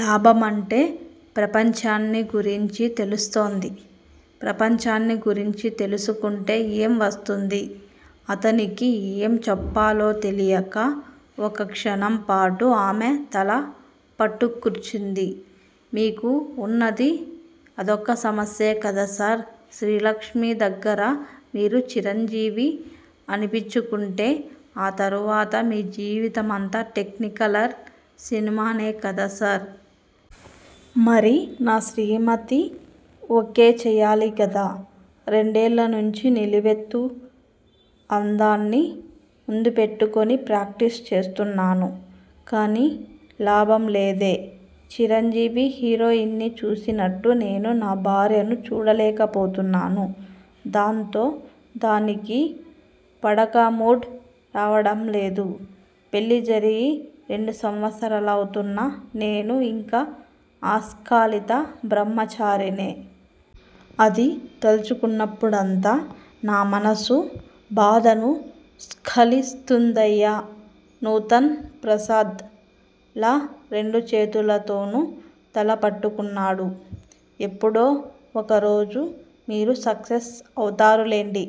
లాభమంటే- ప్రపంచాన్ని గురించి తెలుస్తుంది ప్రపంచాన్ని గురించి తెలుసుకుంటే ఏం వస్తుంది? అతనికి ఏం చెప్పాలో తెలియక ఓ క్షణంపాటు ఆమె తల పట్టుక్కూర్చుంది. మీకు ఉన్నది అదొక్క సమస్యే కదా సార్! శ్రీలక్ష్మి దగ్గిర మీరు చిరంజీవి అనిపించుకుంటే ఆ తరువాత మీ జీవితమంతా టెక్నికలర్ సినిమానే కదా సార్! మరి నా శ్రీమతి ఓకే చెయ్యాలి గదా! రెండేళ్ళ నుంచి నిలువెత్తు అద్దాన్ని ముందు పెట్టుకుని ప్రాక్టీసు చేస్తున్నాను. కానీ లాభం లేదే! చిరంజీవి హీరోయిన్ ని చూసినట్టు నేను నా భార్యను చూడలేక పోతున్నాను. దాంతో దానికి 'పడకమూడ్' రావడం లేదు. పెళ్ళి జరిగి రెండు సంవత్సరాలవుతున్నా నేను యింకా అస్కలిత బ్రహ్మచారినే. అది తలుచుకున్నప్పుడంతా నా మనసు బాధను స్కలిస్తుందయ్యా నూతన్ ప్రసాద్ లా రెండు చేతులతోనూ తల పట్టుకున్నాడు. ఎప్పుడో ఒకరోజు మీరు సక్సెస్ అవుతారులెండి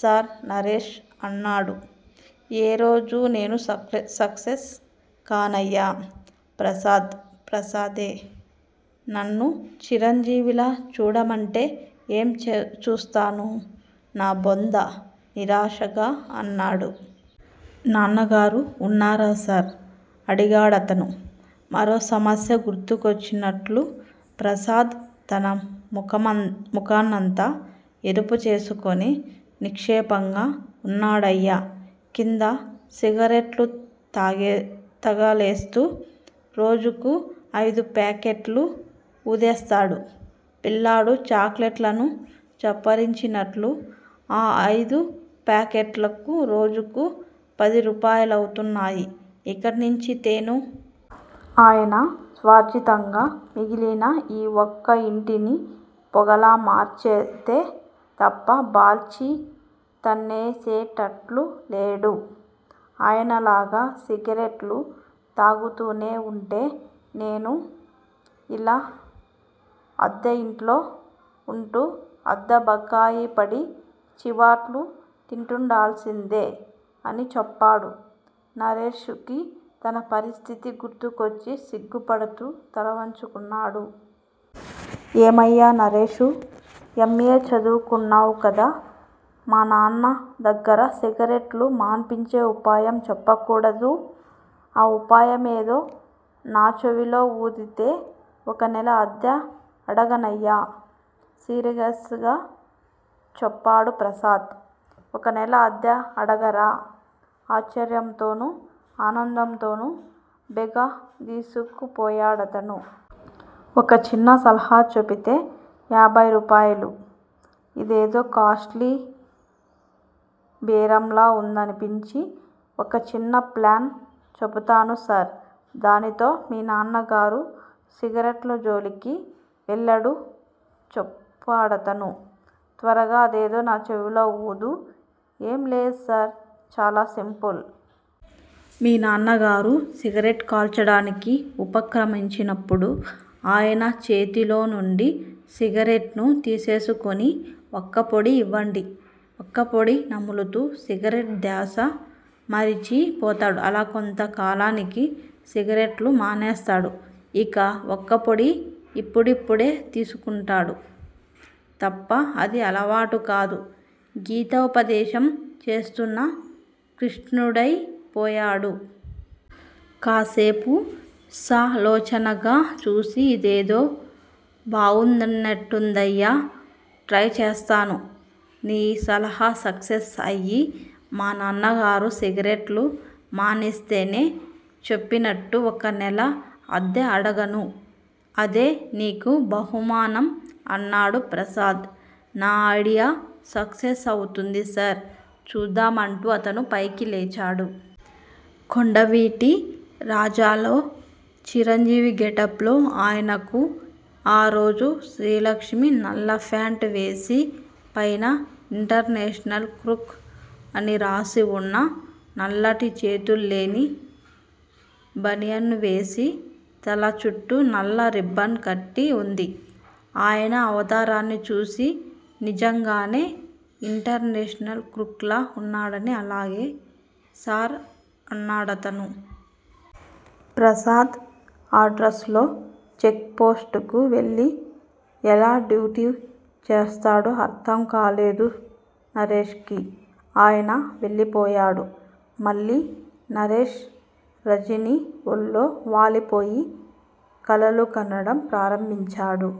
సార్ నరేష్ అన్నాడు. ఏ రోజూ నేను సక్సెస్ కానయ్యా! ప్రసాద్ ప్రసాదే! నన్ను చిరంజీవిలా చూడమంటే ఏం చూస్తాను నా బొంద నిరాశగా అన్నాడు. నాన్నగారు వున్నారా సార్? అడిగాడతను. మరో సమస్య గుర్తొచ్చినట్టు ప్రసాద్ తన ముఖాన్నంతా ఎరుపు చేసుకుని నిక్షేపంలా వున్నాడయ్యా కింద సిగరెట్లు తగలేస్తూ. రోజుకు అయిదు ప్యాకెట్ లు వూదేస్తాడు పిల్లాడు చాక్ లెట్లను చప్పరించినట్లు. ఆ అయిదు పాకెట్లకూ రోజుకు పది రూపాయలవుతున్నాయి. ఎక్కడ్నించి తేను? ఆయన స్వార్జితంగా మిగిలిన ఈ ఒక్క యింటిని పొగలా మార్చితే తప్ప బాల్చీ తన్నేసేటట్టు లేడు. ఆయనలా సిగరెట్ లు తాగుతూనే వుంటే నేనూ నీలా అద్దె యింట్లో వుంటూ, అద్దె బకాయిపడి చీవాట్లు తింటుండాల్సిందే అని చెప్పాడు. నరేషుకి తన పరిస్థితి గుర్తొచ్చి సిగ్గుపడుతూ తలవంచుకున్నాడు. ఏమయ్యా నరేషూ! ఎం. ఏ. చదువుకున్నావ్ కదా! మానాన్న దగ్గిర సిగరెట్ లు మాన్పించే ఉపాయం చెప్పకూడదూ! ఆ ఉపాయమేదో నా చెవిలో వూదితే ఒక నెల అద్దె అడగనయ్యా! సీరియస్ గా చెప్పాడు ప్రసాద్. ఒక నెల అద్దె అడగరా? ఆశ్చర్యంతోనూ, ఆనందంతోనూ బిగదీసుకుపోయాడతను. ఒక చిన్న సలహా చెబితే యాభై రూపాయలు. ఇదేదో కాస్ట్ లీ బేరంలా వుందనిపించి ఓ చిన్న ప్లాన్ చెబుతాను సార్! దానితో మీ నాన్నగారు సిగరెట్ల జోలికి వెళ్లడు చెప్పాడతను. త్వరగా అదేదో నా చెవిలో వూదు. ఏం లేదు సార్! చాలా సింపుల్! మీ నాన్నగారు సిగరెట్ కాల్చడానికి ఉపక్రమించినప్పుడు ఆయన చేతిలో నుండి సిగరెట్ ను తీసేసుకుని వక్కపొడి ఇవ్వండి. వక్కపొడి నములుతూ సిగరెట్ ధ్యాస మరిచి పోతాడు. అలా కొంత కాలానికి సిగరెట్ లు మానేస్తాడు. ఇక వక్కపొడి ఇప్పుడిప్పుడే తీసుకుంటాడు తప్ప అది అలవాటు కాదు గీతోపదేశం చేస్తున్న కృష్ణుడైపోయాడు. కాసేపు సాలోచనగా చూసి ఇదేదో బావుందన్నట్టుందయ్యో! ట్రై చేస్తాను. నీ సలహా సక్సెస్ అయి, మా నాన్నగారు సిగరెట్ లు మానేస్తేనే చెప్పినట్టు ఒక నెల అద్దె అడగను. అదే నీకు బహుమానం అన్నాడు ప్రసాద్. నా ఐడియా సక్సెస్ అవుతుంది సర్! చూద్దాం అంటూ అతను పైకి లేచాడు. కొండవీటి రాజాలో చిరంజీవి గెటప్ లో ఆయనకు ఆ రోజు శ్రీలక్ష్మి నల్ల ఫ్యాంట్ వేసి, పైన 'ఇంటర్నేషనల్ క్రూక్' అని రాసివున్న నల్లటి చేతుల్లేని బనీను వేసి, తల చుట్టూ నల్ల రిబ్బన్ కట్టి వుంది. ఆయన అవతారాన్ని చూసి నిజంగానే ఇంటర్నేషనల్ క్రూక్ లా వున్నాడనుకుని అలాగే సార్ అన్నాడతను. ప్రసాద్ ఆ డ్రస్ లో చెక్ పోస్టుకు వెళ్ళి ఎలా డ్యూటీ చేస్తాడో అర్థం కాలేదు నరేష్ కి. ఆయన వెళ్ళిపోయాడు. మళ్ళీ నరేష్ రజని ఒళ్ళో వాలిపోయి, కలలు కనడం ప్రారంభించాడు.